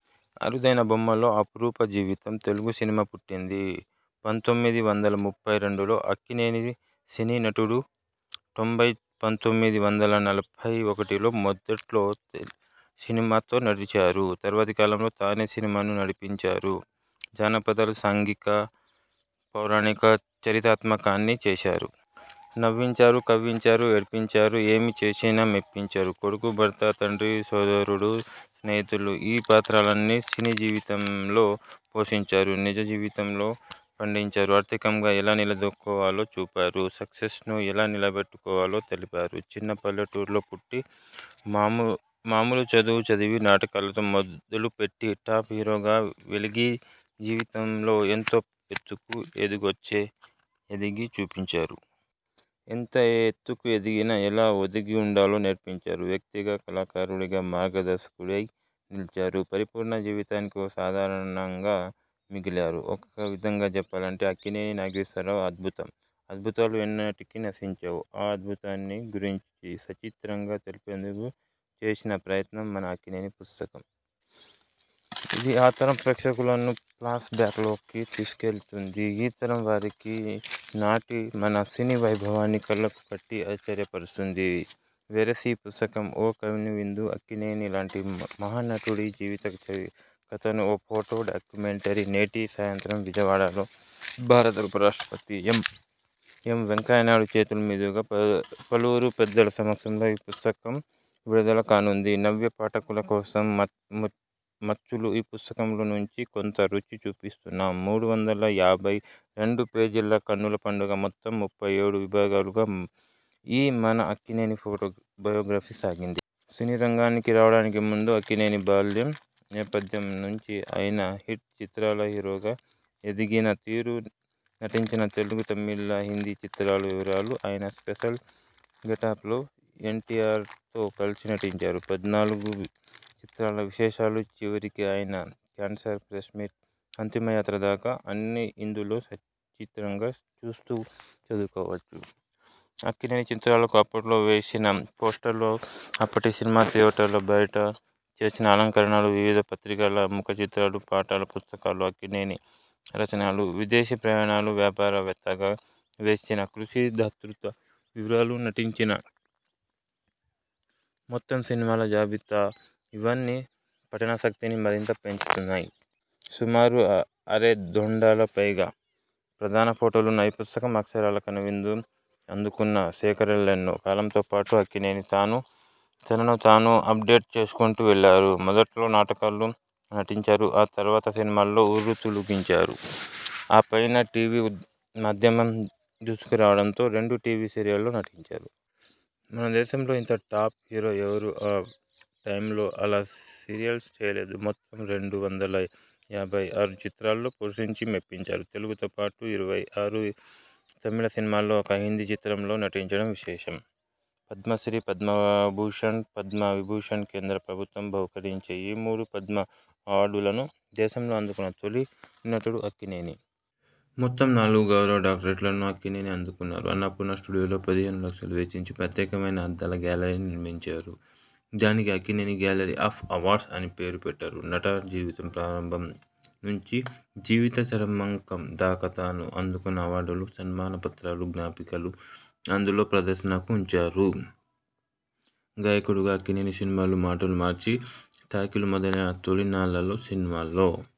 అరుదైన బొమ్మల్లో అపురూప జీవితం తెలుగు సినిమా పుట్టింది పంతొమ్మిది వందల ముప్పై రెండులో! అక్కినేని సినీ నటు డైంది పంతొమ్మిది వందల నలభై ఒకటిలో! మొదట్లో సినిమాతో నడిచారు! తర్వాతి కాలంలో తానే సినిమాను నడిపించారు! జాన పదాలు సాంఘికాలు పౌరాణికాలు చరిత్రాత్మకాలు అన్నీ చేశారు! నవ్వించారు కవ్వించారు ఏడ్పించారు ఏమి చేసినా మెప్పించారు! కొడుకు ,భర్త, తండ్రి ,సోదరుడు, స్నేహితుడు ఈ పాత్రలను సినీ జీవితంలో పోషించారు నిజ జీవితంలో పండించారు! ఆర్థికంగా ఎలా నిలదొక్కుకోవాలో చూపారు! సక్సెస్ను ఎలా నిల బెట్టుకోవాలో తెలిపారు! చిన్న పల్లెటూరులో పుట్టి మామూలు చదువు చదివి నాటకాలతో మొదలు పెట్టి టాప్ హీరోగా వెలిగి జీవితంలో ఎంత ఎత్తుకు ఎదగొచ్చో ఎదిగి చూపించారు! ఎంత ఎత్తుకు ఎదిగినా ఎలా ఒది గుండాలో నేర్పించారు! వ్యక్తిగా కళాకారుడిగా మార్గదర్శకుడై నిలిచారు! పరిపూర్ణ జీవితానికి ఓ ఉదాహరణగా మిగిలారు! ఒక విధంగా చెప్పాలంటే అక్కినేని నాగేశ్వరరావు ఓ అద్భుతం! అద్భుతాలు ఎన్నటికీ నశించవు! ఆ అద్భుతాన్ని గురించి సచిత్రంగా తెలిపేందుకు చేసిన ప్రయత్నం మన అక్కినేని పుస్తకం! ఇది ఆ తరం ప్రేక్షకులను ఫ్లాష్ బ్యాక్ లోకి తీసుకుకెళుతుంది. ఈ తరం వారికి నాటి మన సినీ వైభవాన్ని కళ్ళకు కట్టి, ఆశ్చర్యపరుస్తుంది. వెరసి ఈ పుస్తకం ఓ కనువిందు అక్కినేని లాంటి మహానటుడి జీవిత కథకు ఓ ఫోటో డాక్యుమెంటరీ. నేటి సాయంత్రం విజయవాడలో భారత ఉపరాష్ట్రపతి ఎం. వెంకయ్యనాయుడు చేతుల మీదుగా పలువురు పెద్దల సమక్షంలో ఈ పుస్తకం విడుదల కానుంది. నవ్య పాఠకుల కోసం మచ్చుకు ఈ పుస్తకంలో నుంచి కొంత రుచి చూపిస్తున్నాం. మూడు వందల యాభై రెండు పేజీల కన్నుల పండుగ మొత్తం ముప్పై ఏడు విభాగాలుగా ఈ మన అక్కినేని ఫోటో బయోగ్రఫీ సాగింది. సినీ రంగానికి రావడానికి ముందు అక్కినేని బాల్యం, నేపథ్యం నుంచి ఆయన హిట్ చిత్రాల హీరోగా ఎదిగిన తీరు, నటించిన తెలుగు, తమిళ, హిందీ చిత్రాల వివరాలు, ఆయన స్పెషల్ గెట్పలు, ఎన్టీయార్తో కలసి నటించిన పద్నాలుగు చిత్రాల విశేషాలు, చివరికి ఆయన క్యాన్సర్ ప్రెస్ మీట్, అంతిమ యాత్ర దాకా అన్నీ ఇందులో సచిత్రంగా చూస్తూ, చదువుకోవచ్చు. అక్కినేని చిత్రాలకు అప్పట్లో వేసిన పోస్టర్లు, అప్పటి సినిమా థియేటర్ల బయట చేసిన అలంకరణలు, వివిధ పత్రికల ముఖ చిత్రాలు, పాటల పుస్తకాలు, అక్కినేని రచనలు, విదేశీ ప్రయాణాలు, వ్యాపార వేత్తగా చేసిన కృషి, దాతృత్వ వివరాలు, నటించిన మొత్తం సినిమాల జాబితా ఇవన్నీ పఠనాసక్తిని మరింత పెంచుతాయి. సుమారు ఆరేడొందల పైగా ప్రధాన ఫోటోలున్న ఈ పుస్తకం అక్షరాలా కనువిందే! అందుకున్న శిఖరాలెన్నో! కాలంతో పాటు అక్కినేని తనను తాను అప్ డేట్ చేసుకుంటూ వెళ్ళేవారు. మొదట్లో నాటకాలు నటించారు. ఆ తర్వాత సినిమాల్లో ఉర్రూతలూగించారు. ఆ పైన టీవీ మాధ్యమం దూసుకురావడంతో రెండు టీవీ సీరియల్స్లో నటించారు. మన దేశంలో ఇంత టాప్ హీరో ఎవరూ ఆ టైమ్లో ఇలా సీరియల్స్ చేయలేదు. మొత్తం రెండు వందల యాభై ఆరు చిత్రాల్లో పోషించి, మెప్పించారు. తెలుగుతో పాటు ఇరవై ఆరు తమిళ సినిమాల్లో, ఒక హిందీ చిత్రం లో నటించడం విశేషం. పద్మశ్రీ, పద్మభూషణ్, పద్మ విభూషణ కేంద్ర ప్రభుత్వం బహూకరించే ఈ మూడు 'పద్మ' అవార్డులనూ దేశంలో అందుకున్న తొలి నటుడు అక్కినేని. మొత్తం నాలుగు గౌరవ డాక్టరేట్లను అక్కినేని అందుకున్నారు. అన్నపూర్ణ స్టూడియోలో పదిహేను లక్షలు వెచ్చించి, ప్రత్యేకమైన అద్దాల గ్యాలరీని నిర్మించారు. దానికి అక్కినేని గ్యాలరీ ఆఫ్ అవార్డ్స్ అని పేరు పెట్టారు. నట జీవితం ప్రారంభం నుంచి జీవిత చరమాంకం దాకా తాను అందుకున్న అవార్డులు, సన్మాన పత్రాలు, జ్ఞాపికలు అందులో ప్రదర్శనకు ఉంచారు. గాయకుడుగా అక్కినేనిసినిమాలు మాటలు నేర్చి, టాకీలు మొదలైన తొలినాళ్ళలో సినిమాల్లో